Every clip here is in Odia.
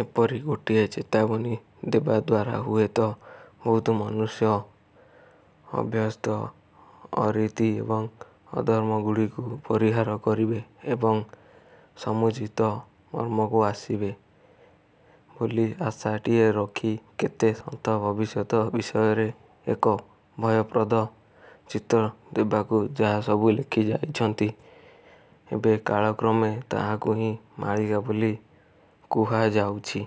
ଏପରି ଗୋଟିଏ ଚେତାବନୀ ଦେବାଦ୍ୱାରା ହୁଏତ ବହୁତ ମନୁଷ୍ୟ ଅଭ୍ୟସ୍ତ ଅରୀତି ଏବଂ ଅଧର୍ମଗୁଡ଼ିକୁ ପରିହାର କରିବେ ଏବଂ ସମୁଚିତ ମର୍ମକୁ ଆସିବେ ବୋଲି ଆଶାଟିଏ ରଖି କେତେ ସନ୍ଥ ଭବିଷ୍ୟତ ବିଷୟରେ ଏକ ଭୟପ୍ରଦ ଚିତ୍ର ଦେବାକୁ ଯାହାସବୁ ଲେଖି ଯାଇଛନ୍ତି ଏବେ କାଳକ୍ରମେ ତାହାକୁ ହିଁ ମାଳିକା ବୋଲି କୁହାଯାଉଛି।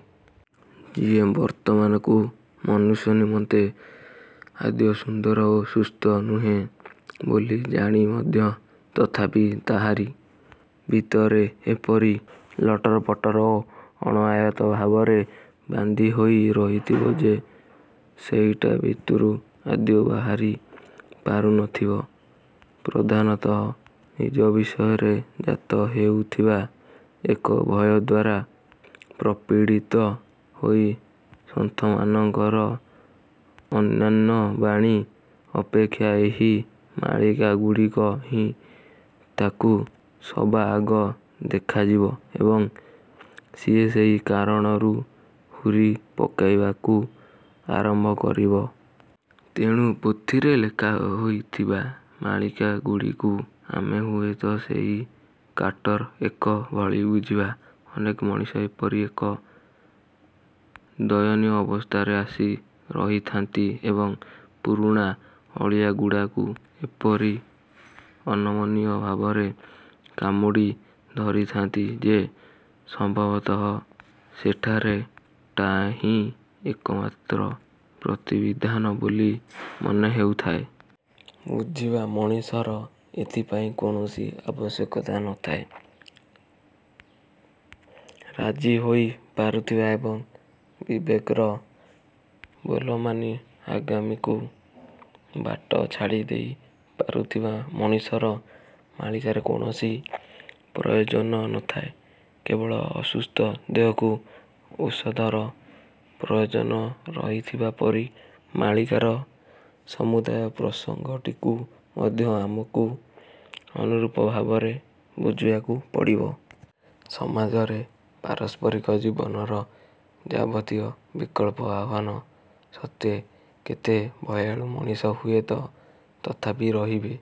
ଯିଏ ବର୍ତ୍ତମାନକୁ ମନୁଷ୍ୟ ନିମନ୍ତେ ଆଦୌ ସୁନ୍ଦର ଓ ସୁସ୍ଥ ନୁହେଁ ବୋଲି ଜାଣି ମଧ୍ୟ ତଥାପି ତାହାରି। ଭିତରେ ଏପରି ଲଟରପଟର ଓ ଅଣଆୟତ୍ତ ଭାବରେ ବାନ୍ଧି ହୋଇ ରହିଥିବ ଯେ ସେଇଟା ଭିତରୁ ଆଦୌ ବାହାରି ପାରୁନଥିବ ପ୍ରଧାନତଃ ନିଜ ବିଷୟରେ ଜାତ ହେଉଥିବା ଏକ ଭୟ ଦ୍ଵାରା ପ୍ରପୀଡ଼ିତ ହୋଇ ସନ୍ଥମାନଙ୍କର ଅନ୍ୟାନ୍ୟ ବାଣୀ ଅପେକ୍ଷା ଏହି ମାଳିକାଗୁଡ଼ିକ ହିଁ ତାକୁ ସବାଆଗ ଦେଖାଯିବ ଏବଂ ସିଏ ସେହି କାରଣରୁ ହୁରି ପକାଇବାକୁ ଆରମ୍ଭ କରିବ। ତେଣୁ ପୋଥିରେ ଲେଖା ହୋଇଥିବା ମାଳିକାଗୁଡ଼ିକୁ ଆମେ ହୁଏତ ସେହି କାଟର ଏକ ଭଳି ବୁଝିବା। ଅନେକ ମଣିଷ ଏପରି ଏକ ଦୟନୀୟ ଅବସ୍ଥାରେ ଆସି ରହିଥାନ୍ତି ଏବଂ ପୁରୁଣା ଅଳିଆଗୁଡ଼ାକୁ ଏପରି ଅନମନୀୟ ଭାବରେ କାମୁଡ଼ି ଧରିଥାନ୍ତି ଯେ ସମ୍ଭବତଃ ସେଠାରେ ଟା ହିଁ ଏକମାତ୍ର ପ୍ରତିବିଧାନ ବୋଲି ମନେହେଉଥାଏ-। ବୁଝିବା ମଣିଷର ଏଥିପାଇଁ କୌଣସି ଆବଶ୍ୟକତା ନଥାଏ। ରାଜି ହୋଇପାରୁଥିବା ଏବଂ ବିବେକର ବୋଲମାନି ଆଗାମୀକୁ ବାଟ ଛାଡ଼ିଦେଇ ପାରୁଥିବା ମଣିଷର ମାଳିକାରେ କୌଣସି ପ୍ରୟୋଜନ ନଥାଏ। କେବଳ ଅସୁସ୍ଥ ଦେହକୁ ଔଷଧର ପ୍ରୟୋଜନ ରହିଥିବା ପରି ମାଳିକାର ସମୁଦାୟ ପ୍ରସଙ୍ଗଟିକୁ ମଧ୍ୟ ଆମକୁ ଅନୁରୂପ ଭାବରେ ବୁଝିବାକୁ ପଡ଼ିବ। ସମାଜରେ, ପାରସ୍ପରିକ ଜୀବନର ଯାବତୀୟ ବିକଳ୍ପ ଆହ୍ୱାନ ସତ୍ତ୍ୱେ କେତେ ଭୟାଳୁ ମଣିଷ ହୁଏତ ତଥାପି ରହିବେ,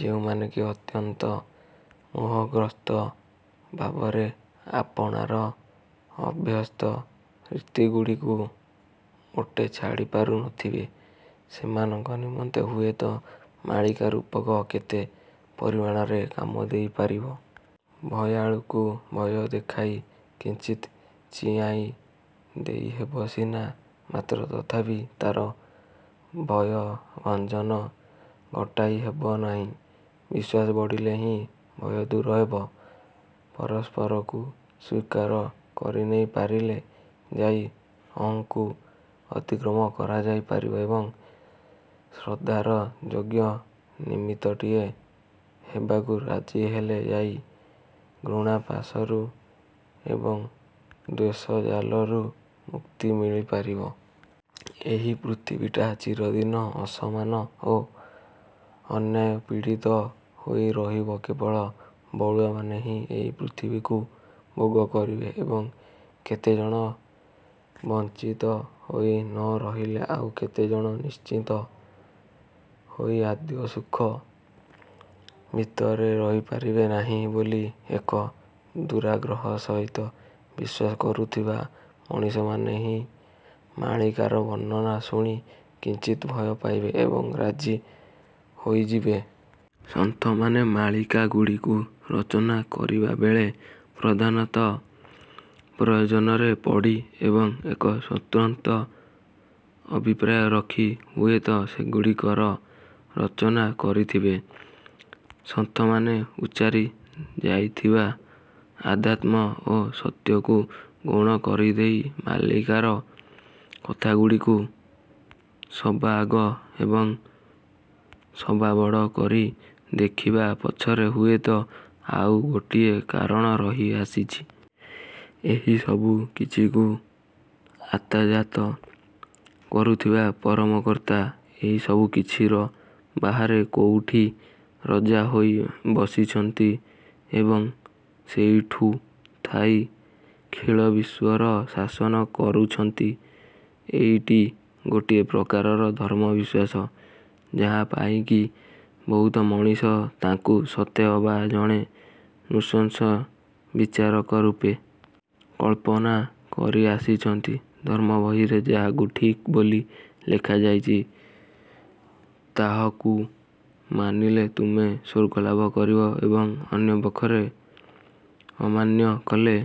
ଯେଉଁମାନେ କି ଅତ୍ୟନ୍ତ ମୋହଗ୍ରସ୍ତ ଭାବରେ ଆପଣାର ଅଭ୍ୟସ୍ତ ରୀତିଗୁଡ଼ିକୁ ମୋଟେ ଛାଡ଼ିପାରୁ ନଥିବେ। ସେମାନଙ୍କ ନିମନ୍ତେ ହୁଏତ ମାଳିକା ରୂପକ କେତେ ପରିମାଣରେ କାମ ଦେଇପାରିବ। ଭୟାଳୁକୁ ଭୟ ଦେଖାଇ କିଞ୍ଚିତ୍ ଚିଆଇଁ ଦେଇହେବ ସିନା, ମାତ୍ର ତଥାପି ତା'ର ଭୟଭଞ୍ଜନ ଘଟାଇ ହେବନାହିଁ। ବିଶ୍ୱାସ ବଢ଼ିଲେ ହିଁ ଭୟ ଦୂର ହେବ, ପରସ୍ପରକୁ ସ୍ୱୀକାର କରିନେଇ ପାରିଲେ ଯାଇ ଅହଂକୁ ଅତିକ୍ରମ କରାଯାଇ ପାରିବ ଏବଂ ଶ୍ରଦ୍ଧାର ଯୋଗ୍ୟ ନିମିତ୍ତଟିଏ ହେବାକୁ ରାଜି ହେଲେ ଯାଇ ଘୃଣାପାଶରୁ ଏବଂ ଦ୍ୱେଷଜାଲରୁ ମୁକ୍ତି ମିଳିପାରିବ। ଏହି ପୃଥିବୀଟା ଚିରଦିନ ଅସମାନ ଓ ଅନ୍ୟାୟପୀଡ଼ିତ ହୋଇ ରହିବ କେବଳ ବଳୁଆମାନେ ହିଁ ଏହି ପୃଥିବୀକୁ ଭୋଗ କରିବେ ଏବଂ କେତେଜଣ ବଂଚିତ ହୋଇ ନ ରହିଲେ ଆଉ କେତେଜଣ ନିଶ୍ଚିନ୍ତ ହୋଇ ଆଦୌ ସୁଖ ଭିତରେ ରହିପାରିବେ ନାହିଁ ବୋଲି ଏକ ଦୁରାଗ୍ରହ ସହିତ ବିଶ୍ଵାସ କରୁଥିବା ମଣିଷମାନେ ହିଁ ମାଳିକାର ବର୍ଣ୍ଣନା ଶୁଣି କିଞ୍ଚିତ୍ ଭୟ ପାଇବେ ଏବଂ ରାଜି ହୋଇଯିବେ। ସନ୍ଥମାନେ ମାଳିକାଗୁଡ଼ିକୁ ରଚନା କରିବାବେଳେ ପ୍ରଧାନତଃ ପ୍ରୟୋଜନରେ ପଡ଼ି ଏବଂ ଏକ ସ୍ଵତନ୍ତ୍ର ଅଭିପ୍ରାୟ ରଖି ହୁଏତ ସେଗୁଡ଼ିକର ରଚନା କରିଥିବେ। ସନ୍ଥମାନେ ଉଚ୍ଚାରି ଯାଇଥିବା ଅଧ୍ୟାତ୍ମ ଓ ସତ୍ୟକୁ ଗୌଣ କରିଦେଇ ମାଳିକାର କଥାଗୁଡ଼ିକୁ ସବାଆଗ ଏବଂ ସବାବଡ଼ କରି ଦେଖିବା ପଛରେ ହୁଏତ ଆଉ ଗୋଟିଏ କାରଣ ରହିଆସିଛି। ଏହି ସବୁକିଛିକୁ ଆତଯାତ କରୁଥିବା ପରମକର୍ତ୍ତା ଏହି ସବୁକିଛିର ବାହାରେ କୋଉଠି ରଜା ହୋଇ ବସିଛନ୍ତି ଏବଂ ସେଇଠୁ ଥାଇ ଖିଳ ବିଶ୍ୱର ଶାସନ କରୁଛନ୍ତି ଏଇଟି ଗୋଟିଏ ପ୍ରକାରର ଧର୍ମବିଶ୍ଵାସ, ଯାହା ପାଇଁକି ବହୁତ ମଣିଷ ତାଙ୍କୁ ସତେଅବା ଜଣେ ନୃଶଂସ ବିଚାରକ ରୂପେ କଳ୍ପନା କରିଆସିଛନ୍ତି ଧର୍ମବହିରେ ଯାହାକୁ ଠିକ୍ ବୋଲି ଲେଖାଯାଇଛି ତାହକୁ ମାନିଲେ ତୁମେ ସ୍ୱର୍ଗଲାଭ କରିବ ଏବଂ ଅନ୍ୟପକ୍ଷରେ ଅମାନ୍ୟ କଲେ